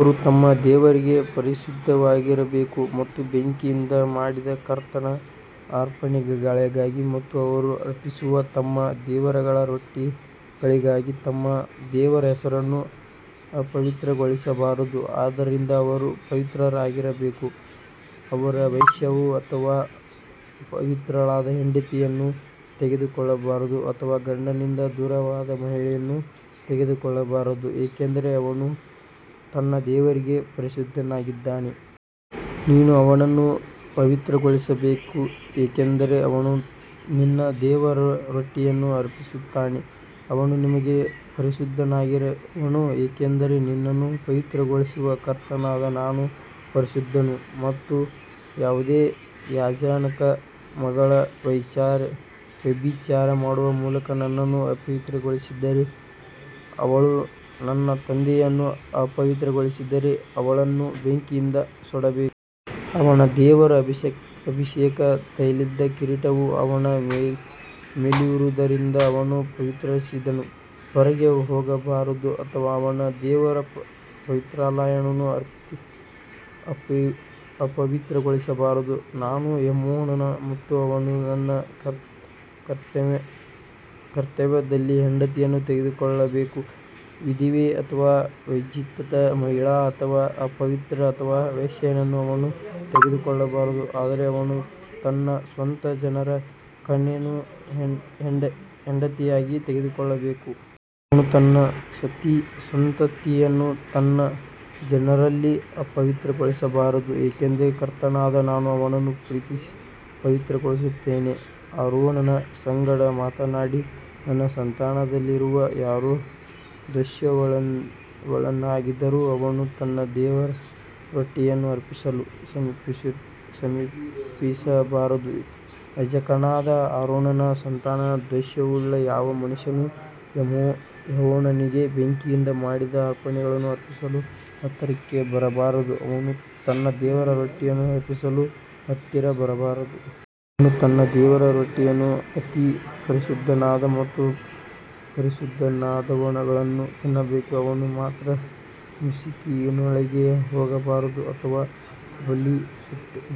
ಅವರು ತಮ್ಮ ದೇವರಿಗೆ ಪರಿಶುದ್ಧರಾಗಿರಬೇಕು ಮತ್ತು ಬೆಂಕಿಯಿಂದ ಮಾಡಿದ ಕರ್ತನ ಅರ್ಪಣೆಗಳಿಗಾಗಿ ಮತ್ತು ಅವರು ಅರ್ಪಿಸುವ ತಮ್ಮ ದೇವರ ರೊಟ್ಟಿಗಳಿಗಾಗಿ ತಮ್ಮ ದೇವರ ಹೆಸರನ್ನು ಅಪವಿತ್ರಗೊಳಿಸಬಾರದು ಆದ್ದರಿಂದ ಅವರು ಪವಿತ್ರರಾಗಿರಬೇಕು. ಅವರು ವೇಶ್ಯೆಯ ಅಥವಾ ಅಪವಿತ್ರಳಾದ ಹೆಂಡತಿಯನ್ನು ತೆಗೆದುಕೊಳ್ಳಬಾರದು ಅಥವಾ ಗಂಡನಿಂದ ದೂರವಾದ ಮಹಿಳೆಯನ್ನು ತೆಗೆದುಕೊಳ್ಳಬಾರದು ಏಕೆಂದರೆ ಅವನು ತನ್ನ ದೇವರಿಗೆ ಪರಿಶುದ್ಧನಾಗಿದ್ದಾನೆ. ನೀನು ಅವನನ್ನು ಪವಿತ್ರಗೊಳಿಸಬೇಕು ಏಕೆಂದರೆ ಅವನು ನಿನ್ನ ದೇವರ ರೊಟ್ಟಿಯನ್ನು ಅರ್ಪಿಸುತ್ತಾನೆ ಅವನು ನಿನಗೆ ಪರಿಶುದ್ಧನಾಗಿರುವನು ಏಕೆಂದರೆ ನಿನ್ನನ್ನು ಪವಿತ್ರಗೊಳಿಸುವ ಕರ್ತನಾದ ನಾನು ಪರಿಶುದ್ಧನು. ಮತ್ತು ಯಾವುದೇ ಯಾಜಕನ ಮಗಳು ವ್ಯಭಿಚಾರ ಮಾಡುವ ಮೂಲಕ ತನ್ನನ್ನು ಅಪವಿತ್ರಗೊಳಿಸಿದರೆ ಅವಳು ತನ್ನ ತಂದೆಯನ್ನು ಅಪವಿತ್ರಗೊಳಿಸಿದರೆ ಅವಳನ್ನು ಬೆಂಕಿಯಿಂದ ಸುಡಬೇಕು. ಅವನ ದೇವರ ಅಭಿಷೇಕ ತೈಲದ ಕಿರೀಟವು ಅವನ ಮೇಲಿರುವುದರಿಂದ ಅವನು ಪವಿತ್ರಸ್ಥಳದಿಂದ ಹೊರಗೆ ಹೋಗಬಾರದು ಅಥವಾ ಅವನ ದೇವರ ಪವಿತ್ರಾಲಯವನ್ನು ಅಪವಿತ್ರಗೊಳಿಸಬಾರದು ನಾನು ಯೆಹೋವನು. ಮತ್ತು ಅವನು ತನ್ನ ಕನ್ಯತ್ವದಲ್ಲಿ ಹೆಂಡತಿಯನ್ನು ತೆಗೆದುಕೊಳ್ಳಬೇಕು. ವಿಧವೆ ಅಥವಾ ವಿಚ್ಛೇದಿತ ಮಹಿಳೆ ಅಥವಾ ಅಪವಿತ್ರ ಅಥವಾ ವೇಶ್ಯೆಯನ್ನು ಅವನು ತೆಗೆದುಕೊಳ್ಳಬಾರದು ಆದರೆ ಅವನು ತನ್ನ ಸ್ವಂತ ಜನರ ಕನ್ಯೆಯನ್ನು ಹೆಂಡತಿಯಾಗಿ ತೆಗೆದುಕೊಳ್ಳಬೇಕು. ಅವನು ತನ್ನ ಸಂತತಿಯನ್ನು ತನ್ನ ಜನರಲ್ಲಿ ಅಪವಿತ್ರಗೊಳಿಸಬಾರದು ಏಕೆಂದರೆ ಕರ್ತನಾದ ನಾನು ಅವನನ್ನು ಪವಿತ್ರಗೊಳಿಸುತ್ತೇನೆ. ಆರೋನನ ಸಂಗಡ ಮಾತನಾಡಿ ನಿನ್ನ ಸಂತಾನದವರಲ್ಲಿ ಯಾರೇ ದೋಷವುಳ್ಳವನಾಗಿದ್ದರೂ ಅವನು ತನ್ನ ದೇವರ ರೊಟ್ಟಿಯನ್ನು ಅರ್ಪಿಸಲು ಸಮೀಪಿಸಬಾರದು. ಯಾಜಕನಾದ ಆರೋನನ ಸಂತಾನದ ದೋಷವುಳ್ಳ ಯಾವ ಮನುಷ್ಯನೂ ಯೆಹೋವನಿಗೆ ಬೆಂಕಿಯಿಂದ ಮಾಡಿದ ಅರ್ಪಣೆಗಳನ್ನು ಅರ್ಪಿಸಲು ಹತ್ತಿರಕ್ಕೆ ಬರಬಾರದು ಅವನು ತನ್ನ ದೇವರ ರೊಟ್ಟಿಯನ್ನು ಅರ್ಪಿಸಲು ಹತ್ತಿರ ಬರಬಾರದು. ಅವನು ತನ್ನ ದೇವರ ರೊಟ್ಟಿಯನ್ನು ಅತಿ ಪರಿಶುದ್ಧವಾದ ಮತ್ತು ಪರಿಶುದ್ಧವಾದವುಗಳನ್ನು ತಿನ್ನಬೇಕು ಅವನು ಮಾತ್ರ ಮುಸುಕಿನೊಳಗೆ ಹೋಗಬಾರದು ಅಥವಾ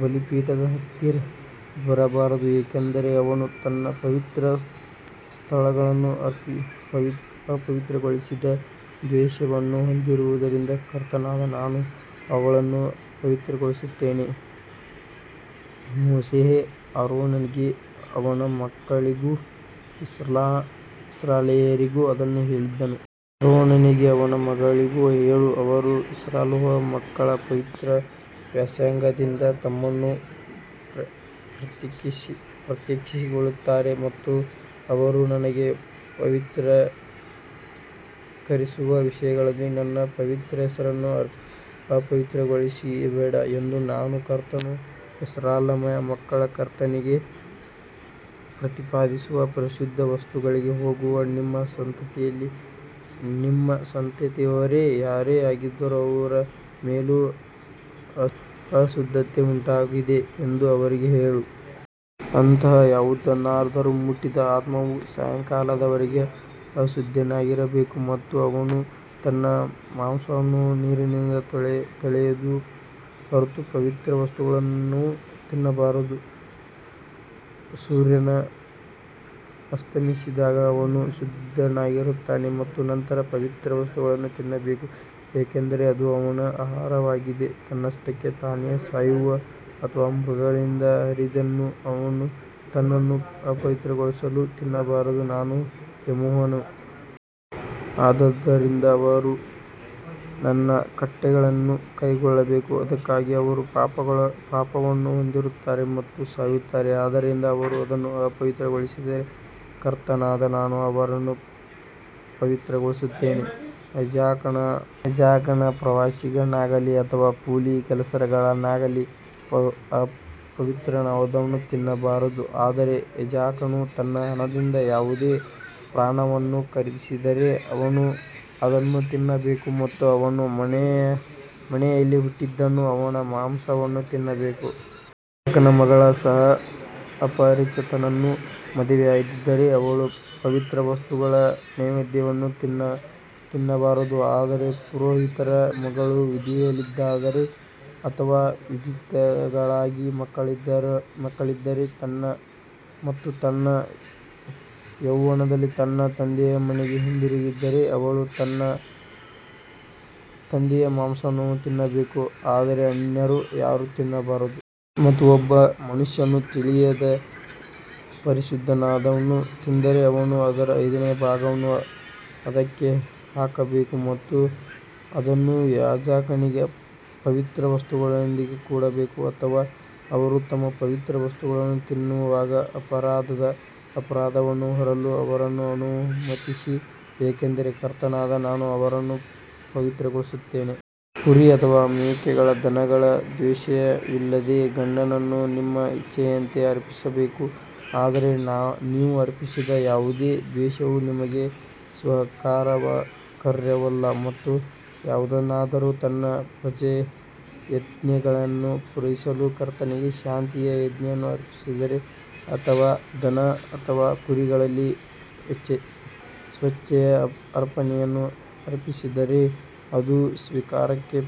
ಬಲಿಪೀಠದ ಹತ್ತಿರ ಬರಬಾರದು ಏಕೆಂದರೆ ಅವನು ನನ್ನ ಪವಿತ್ರ ಸ್ಥಳಗಳನ್ನು ಅಪವಿತ್ರಗೊಳಿಸದ ದೋಷವನ್ನು ಹೊಂದಿರುವುದರಿಂದ ಕರ್ತನಾದ ನಾನು ಅವುಗಳನ್ನು ಪವಿತ್ರಗೊಳಿಸುತ್ತೇನೆ. ಮೋಶೆಯು ಆರೋನನಿಗೂ ಅವನ ಮಕ್ಕಳಿಗೂ ಇಸ್ರಾಯೇಲ್ಯರೆಲ್ಲರಿಗೂ ಅದನ್ನು ಹೇಳಿದನು. ಆರೋನನಿಗೂ ಅವನ ಮಕ್ಕಳಿಗೂ ಹೇಳು ಅವರು ಇಸ್ರಾಯೇಲ್ ಮಕ್ಕಳ ಪವಿತ್ರ ವಸ್ತುಗಳಿಂದ ತಮ್ಮನ್ನು ಪ್ರತ್ಯೇಕಿಸಿಕೊಳ್ಳುತ್ತಾರೆ ಮತ್ತು ಅವರು ನನಗೆ ಪವಿತ್ರೀಕರಿಸುವ ವಿಷಯಗಳಲ್ಲಿ ನನ್ನ ಪವಿತ್ರ ಹೆಸರನ್ನು ಅಪವಿತ್ರಗೊಳಿಸಬೇಡಿ ಎಂದು ನಾನು ಕರ್ತನು. ಇಸ್ರಾಯೇಲ್ ಮಕ್ಕಳು ಕರ್ತನಿಗೆ ಪ್ರತಿಷ್ಠಾಪಿಸುವ ಪರಿಶುದ್ಧ ವಸ್ತುಗಳಿಗೆ ಹೋಗುವ ನಿಮ್ಮ ಸಂತತಿಯಲ್ಲಿ ನಿಮ್ಮ ಸಂತತಿಯವರಲ್ಲಿ ಯಾರೇ ಆಗಿದ್ದರೂ ಅವರ ಮೇಲೆ ಅಶುದ್ಧತೆಯುಂಟಾಗಿದೆ ಎಂದು ಅವರಿಗೆ ಹೇಳು. ಅಂತಹ ಯಾವುದನ್ನಾದರೂ ಮುಟ್ಟಿದ ಆತ್ಮವು ಸಾಯಂಕಾಲದವರೆಗೆ ಅಶುದ್ಧನಾಗಿರಬೇಕು ಮತ್ತು ಅವನು ತನ್ನ ಮಾಂಸವನ್ನು ನೀರಿನಿಂದ ತೊಳೆಯದ ಹೊರತು ಪವಿತ್ರ ವಸ್ತುಗಳನ್ನು ತಿನ್ನಬಾರದು. ಮತ್ತು ಸೂರ್ಯನು ಅಸ್ತಮಿಸಿದಾಗ ಅವನು ಶುದ್ಧನಾಗಿರುತ್ತಾನೆ ಮತ್ತು ನಂತರ ಪವಿತ್ರ ವಸ್ತುಗಳನ್ನು ತಿನ್ನಬೇಕು ಏಕೆಂದರೆ ಅದು ಅವನ ಆಹಾರವಾಗಿದೆ. ತನ್ನಷ್ಟಕ್ಕೆ ತಾನೇ ಸಾಯುವ ಅಥವಾ ಮೃಗಗಳಿಂದ ಹರಿದದ್ದನ್ನು ಅವನು ತನ್ನನ್ನು ಅಪವಿತ್ರಗೊಳಿಸಲು ತಿನ್ನಬಾರದು ನಾನು ಯೆಹೋವನು. ಆದದರಿಂದ ಅವರು ನನ್ನ ಕಟ್ಟಳೆಯನ್ನು ಕೈಕೊಳ್ಳಬೇಕು ಅದಕ್ಕಾಗಿ ಅವರು ಪಾಪವನ್ನು ಹೊಂದುತ್ತಾರೆ ಮತ್ತು ಸಾಯುತ್ತಾರೆ ಆದ್ದರಿಂದ ಅವರು ಅದನ್ನು ಅಪವಿತ್ರಗೊಳಿಸಿದರೆ ಕರ್ತನಾದ ನಾನು ಅವರನ್ನು ಪವಿತ್ರಗೊಳಿಸುತ್ತೇನೆ. ಯಾಜಕನ ಪ್ರವಾಸಿಗನಾಗಲಿ ಅಥವಾ ಕೂಲಿ ಕೆಲಸಗಾರನಾಗಲಿ ಪವಿತ್ರವಾದದ್ದನ್ನು ತಿನ್ನಬಾರದು. ಆದರೆ ಯಾಜಕನು ತನ್ನ ಹಣದಿಂದ ಯಾವುದೇ ಪ್ರಾಣವನ್ನು ಖರೀದಿಸಿದರೆ ಅವನು ಅದನ್ನು ತಿನ್ನಬೇಕು ಮತ್ತು ಅವನ ಮನೆಯಲ್ಲಿ ಹುಟ್ಟಿದವನು ಅವನ ಮಾಂಸವನ್ನು ತಿನ್ನಬೇಕು. ಯಾಜಕನ ಮಗಳು ಸಹ ಅಪರಿಚಿತನನ್ನು ಮದುವೆಯಾಗಿದ್ದರೆ ಅವಳು ಪವಿತ್ರ ವಸ್ತುಗಳ ನೈವೇದ್ಯವನ್ನು ತಿನ್ನಬಾರದು. ಆದರೆ ಪುರೋಹಿತರ ಮಗಳು ವಿಧವೆಯಾಗಿದ್ದರೆ ಅಥವಾ ವಿಚ್ಛೇದಿತಳಾಗಿ ಮಕ್ಕಳಿಲ್ಲದಿದ್ದರೆ ಮತ್ತು ತನ್ನ ಯೌವನದಲ್ಲಿ ತನ್ನ ತಂದೆಯ ಮನೆಗೆ ಹಿಂದಿರುಗಿದರೆ ಅವಳು ತನ್ನ ತಂದೆಯ ಮಾಂಸವನ್ನು ತಿನ್ನಬೇಕು ಆದರೆ ಅನ್ಯರು ಯಾರೂ ತಿನ್ನಬಾರದು. ಮತ್ತು ಒಬ್ಬ ಮನುಷ್ಯನು ತಿಳಿಯದೆ ಪರಿಶುದ್ಧವಾದುದನ್ನು ತಿಂದರೆ ಅವನು ಅದರ ಐದನೇ ಭಾಗವನ್ನು ಅದಕ್ಕೆ ಹಾಕಬೇಕು ಮತ್ತು ಅದನ್ನು ಯಾಜಕನಿಗೆ ಪವಿತ್ರ ವಸ್ತುಗಳೊಂದಿಗೆ ಕೊಡಬೇಕು. ಅಥವಾ ಅವರು ತಮ್ಮ ಪವಿತ್ರ ವಸ್ತುಗಳನ್ನು ತಿನ್ನುವಾಗ ಅಪರಾಧದ ಅಪರಾಧವನ್ನು ಹೊರಲು ಅವರನ್ನು ಅನುಮತಿಸಿ ಏಕೆಂದರೆ ಕರ್ತನಾದ ನಾನು ಅವರನ್ನು ಪವಿತ್ರಗೊಳಿಸುತ್ತೇನೆ. ಕುರಿ ಅಥವಾ ಮೇಕೆಗಳ ದನಗಳ ದೋಷವಿಲ್ಲದ ಗಂಡನ್ನು ನಿಮ್ಮ ಇಚ್ಛೆಯಂತೆ ಅರ್ಪಿಸಬೇಕು. ಆದರೆ ನೀವು ಅರ್ಪಿಸದ ಯಾವುದೇ ದೋಷವು ನಿಮಗೆ ಸ್ವೀಕಾರಾರ್ಹವಲ್ಲ ಮತ್ತು ಯಾವನಾದರೂ ತನ್ನ ಪ್ರತಿಜ್ಞೆಯನ್ನು ಪೂರೈಸಲು ಕರ್ತನಿಗೆ ಶಾಂತಿಯ ಯಜ್ಞವನ್ನು ಅರ್ಪಿಸಿದರೆ ಅಥವಾ ದನ ಅಥವಾ ಕುರಿಗಳಲ್ಲಿ ಸ್ವೇಚ್ಛೆಯ ಅರ್ಪಣೆಯನ್ನು ಅರ್ಪಿಸಿದರೆ ಅದು ಸ್ವೀಕಾರಕ್ಕೆ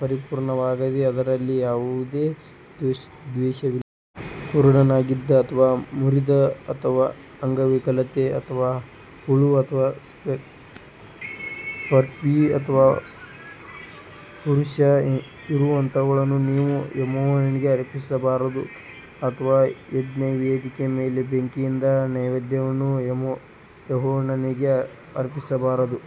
ಪರಿಪೂರ್ಣವಾಗಿದೆ ಅದರಲ್ಲಿ ಯಾವುದೇ ದೋಷವಿಲ್ಲ. ಕುರುಡಾಗಿದ್ದ ಅಥವಾ ಮುರಿದ ಅಥವಾ ಅಂಗವಿಕಲತೆ ಅಥವಾ ಹುಳು ಅಥವಾ ಸ್ಕರ್ವಿ ಅಥವಾ ಹುರುಪು ಇರುವಂತಹವುಗಳನ್ನು ನೀವು ಯೆಹೋವನಿಗೆ ಅರ್ಪಿಸಬಾರದು ಅಥವಾ ಯಜ್ಞವೇದಿಯ ಮೇಲೆ ಬೆಂಕಿಯಿಂದ ನೈವೇದ್ಯವನ್ನು ಯೆಹೋವನಿಗೆ ಅರ್ಪಿಸಬಾರದು.